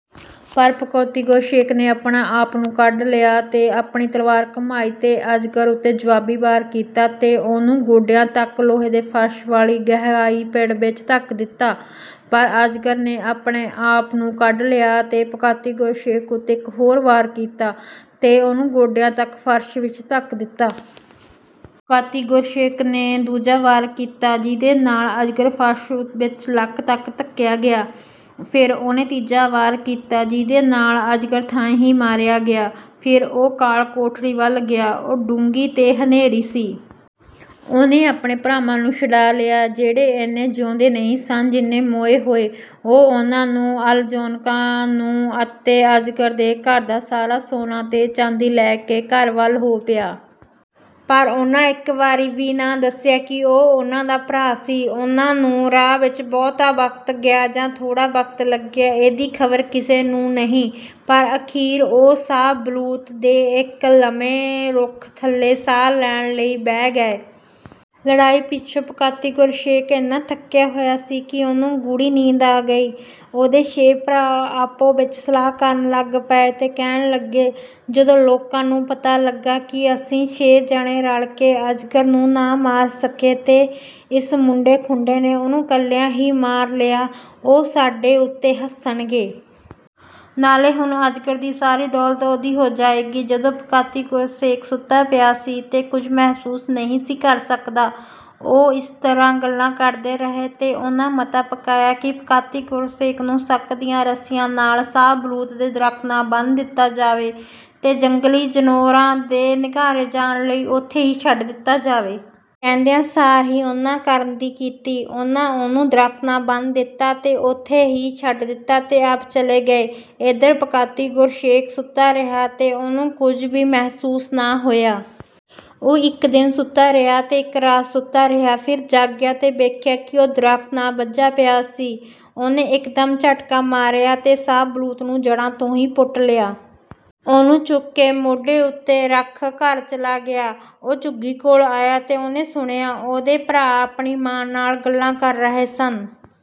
ਪਰ ਪੋਕਾਤੀ-ਗੋਰੋਸ਼ੇਕ ਨੇ ਆਪਣੇ ਆਪ ਨੂੰ ਕੱਢ ਲਿਆ ਤੇ ਆਪਣੀ ਤਲਵਾਰ ਘੁਮਾਈ ਤੇ ਅਜਗਰ ਉੱਤੇ ਜਵਾਬੀ ਵਾਰ ਕੀਤਾ ਤੇ ਉਹਨੂੰ ਗੋਡਿਆਂ ਤੱਕ ਲੋਹੇ ਦੇ ਫ਼ਰਸ਼ ਵਾਲੇ ਗਹਾਈ-ਪਿੜ ਵਿੱਚ ਧੱਕ ਦਿੱਤਾ। ਪਰ ਅਜਗਰ ਨੇ ਆਪਣੇ ਆਪ ਨੂੰ ਕੱਢ ਲਿਆ ਤੇ ਪੋਕਾਤੀ-ਗੋਰੋਸ਼ੇਕ ਉੱਤੇ ਇੱਕ ਹੋਰ ਵਾਰ ਕੀਤਾ ਤੇ ਉਹਨੂੰ ਗੋਡਿਆਂ ਤੱਕ ਫ਼ਰਸ਼ ਵਿੱਚ ਧੱਕ ਦਿੱਤਾ। ਪੋਕਾਤੀ-ਗੋਰੋਸ਼ੇਕ ਨੇ ਦੂਜਾ ਵਾਰ ਕੀਤਾ, ਜਿਹਦੇ ਨਾਲ ਅਜਗਰ ਫ਼ਰਸ਼ ਵਿੱਚ ਲੱਕ ਤੱਕ ਧੱਕਿਆ ਗਿਆ। ਫਿਰ ਉਹਨੇ ਤੀਜਾ ਵਾਰ ਕੀਤਾ, ਜਿਹਦੇ ਨਾਲ ਅਜਗਰ ਥਾਂਏਂ ਹੀ ਮਾਰਿਆ ਗਿਆ। ਫਿਰ ਉਹ ਕਾਲ-ਕੋਠੜੀ ਵੱਲ ਗਿਆ। ਉਹ ਡੂੰਘੀ ਤੇ ਹਨੇਰੀ ਸੀ। ਉਹਨੇ ਆਪਣੇ ਭਰਾਵਾਂ ਨੂੰ ਛੁਡਾ ਲਿਆ, ਜਿਹੜੇ ਐਨੇ ਜਿਉਂਦੇ ਨਹੀਂ ਸਨ, ਜਿੰਨੇ ਮੋਏ ਹੋਏ। ਉਹ ਉਹਨਾਂ ਨੂੰ, ਅਲਯੋਨਕਾ ਨੂੰ ਅਤੇ ਅਜਗਰ ਦੇ ਘਰ ਦਾ ਸਾਰਾ ਸੋਨਾ ਤੇ ਚਾਂਦੀ ਲੈ ਕੇ ਘਰ ਵੱਲ ਹੋ ਪਿਆ। ਪਰ ਉਹਨੇ ਇੱਕ ਵਾਰੀ ਵੀ ਨਾ ਦੱਸਿਆ ਕਿ ਉਹ ਉਹਨਾਂ ਦਾ ਭਰਾ ਸੀ। ਉਹਨਾਂ ਨੂੰ ਰਾਹ ਵਿੱਚ ਬਹੁਤਾ ਵਕਤ ਗਿਆ ਜਾਂ ਥੋੜ੍ਹਾ ਵਕਤ ਲੱਗਿਆ, ਇਹਦੀ ਖ਼ਬਰ ਕਿਸੇ ਨੂੰ ਨਹੀਂ। ਪਰ ਅਖ਼ੀਰ ਉਹ ਸ਼ਾਹ ਬਲੂਤ ਦੇ ਇੱਕ ਲਵੇਂ ਰੁੱਖ ਥੱਲੇ ਸਾਹ ਲੈਣ ਲਈ ਬਹਿ ਗਏ। ਲੜਾਈ ਪਿੱਛੋਂ ਪੋਕਾਤੀ-ਗੋਰੋਸ਼ੇਕ ਐਨਾ ਥੱਕਿਆ ਹੋਇਆ ਸੀ ਕਿ ਉਹਨੂੰ ਗੂੜ੍ਹੀ ਨੀਂਦ ਆ ਗਈ। ਉਹਦੇ ਛੇ ਭਰਾ ਆਪੋ ਵਿੱਚ ਸਲਾਹ ਕਰਨ ਲੱਗ ਪਏ ਤੇ ਕਹਿਣ ਲੱਗੇ, “ਜਦੋਂ ਲੋਕਾਂ ਨੂੰ ਪਤਾ ਲੱਗਾ ਕਿ ਅਸੀਂ ਛੇ ਜਣੇ ਰਲ ਕੇ ਅਜਗਰ ਨੂੰ ਨਾ ਮਾਰ ਸਕੇ ਤੇ ਇਸ ਮੁੰਡੇ-ਖੁੰਡੇ ਨੇ ਉਹਨੂੰ ਇਕੱਲਿਆਂ ਹੀ ਮਾਰ ਲਿਆ, ਉਹ ਸਾਡੇ ਉੱਤੇ ਹੱਸਣਗੇ। ਨਾਲੇ ਹੁਣ ਅਜਗਰ ਦੀ ਸਾਰੀ ਦੌਲਤ ਉਹਦੀ ਹੋ ਜਾਏਗੀ।” ਜਦੋਂ ਪੋਕਾਤੀ-ਗੋਰੋਸ਼ੇਕ ਸੁੱਤਾ ਪਿਆ ਸੀ ਤੇ ਕੁਝ ਮਹਿਸੂਸ ਨਹੀਂ ਸੀ ਕਰ ਸਕਦਾ, ਉਹ ਇਸ ਤਰ੍ਹਾਂ ਗੱਲਾਂ ਕਰਦੇ ਰਹੇ ਤੇ ਉਹਨਾਂ ਮਤਾ ਪਕਾਇਆ ਕਿ ਪੋਕਾਤੀ-ਗੋਰੋਸ਼ੇਕ ਨੂੰ ਸਕ ਦੀਆਂ ਰੱਸੀਆਂ ਨਾਲ ਸ਼ਾਹ ਬਲੂਤ ਦੇ ਦਰਖ਼ਤ ਨਾਲ ਬੰਨ੍ਹ ਦਿੱਤਾ ਜਾਵੇ ਤੇ ਜੰਗਲੀ ਜਨੌਰਾਂ ਦੇ ਨਿਘਾਰੇ ਜਾਣ ਲਈ ਓਥੇ ਹੀ ਛੱਡ ਦਿੱਤਾ ਜਾਵੇ। ਕਹਿੰਦਿਆਂ ਸਾਰ ਹੀ ਉਹਨਾਂ ਕਰਨ ਦੀ ਕੀਤੀ। ਉਹਨਾਂ ਉਹਨੂੰ ਦਰਖ਼ਤ ਨਾਲ ਬੰਨ੍ਹ ਦਿੱਤਾ ਤੇ ਓਥੇ ਹੀ ਛੱਡ ਦਿੱਤਾ ਤੇ ਆਪ ਚਲੇ ਗਏ। ਏਧਰ ਪੋਕਾਤੀ-ਗੋਰੋਸ਼ੇਕ ਸੁੱਤਾ ਰਿਹਾ ਤੇ ਉਹਨੂੰ ਕੁਝ ਵੀ ਮਹਿਸੂਸ ਨਾ ਹੋਇਆ। ਉਹ ਇੱਕ ਦਿਨ ਸੁੱਤਾ ਰਿਹਾ ਤੇ ਇੱਕ ਰਾਤ ਸੁੱਤਾ ਰਿਹਾ। ਫਿਰ ਜਾਗਿਆ ਤੇ ਵੇਖਿਆ ਕਿ ਉਹ ਦਰਖ਼ਤ ਨਾਲ ਬੱਝਾ ਪਿਆ ਸੀ। ਉਹਨੇ ਇੱਕਦਮ ਝਟਕਾ ਮਾਰਿਆ ਤੇ ਸ਼ਾਹ ਬਲੂਤ ਨੂੰ ਜੜ੍ਹਾਂ ਤੋਂ ਪੁੱਟ ਲਿਆ। ਉਹਨੂੰ ਚੁੱਕ ਕੇ ਮੋਢੇ ਉੱਤੇ ਰੱਖ ਘਰ ਚਲਾ ਗਿਆ। ਉਹ ਝੁੱਗੀ ਕੋਲ ਆਇਆ ਤੇ ਉਹਨੇ ਸੁਣਿਆ, ਉਹਦੇ ਭਰਾ ਆਪਣੀ ਮਾਂ ਨਾਲ ਗੱਲਾਂ ਕਰ ਰਹੇ ਸਨ।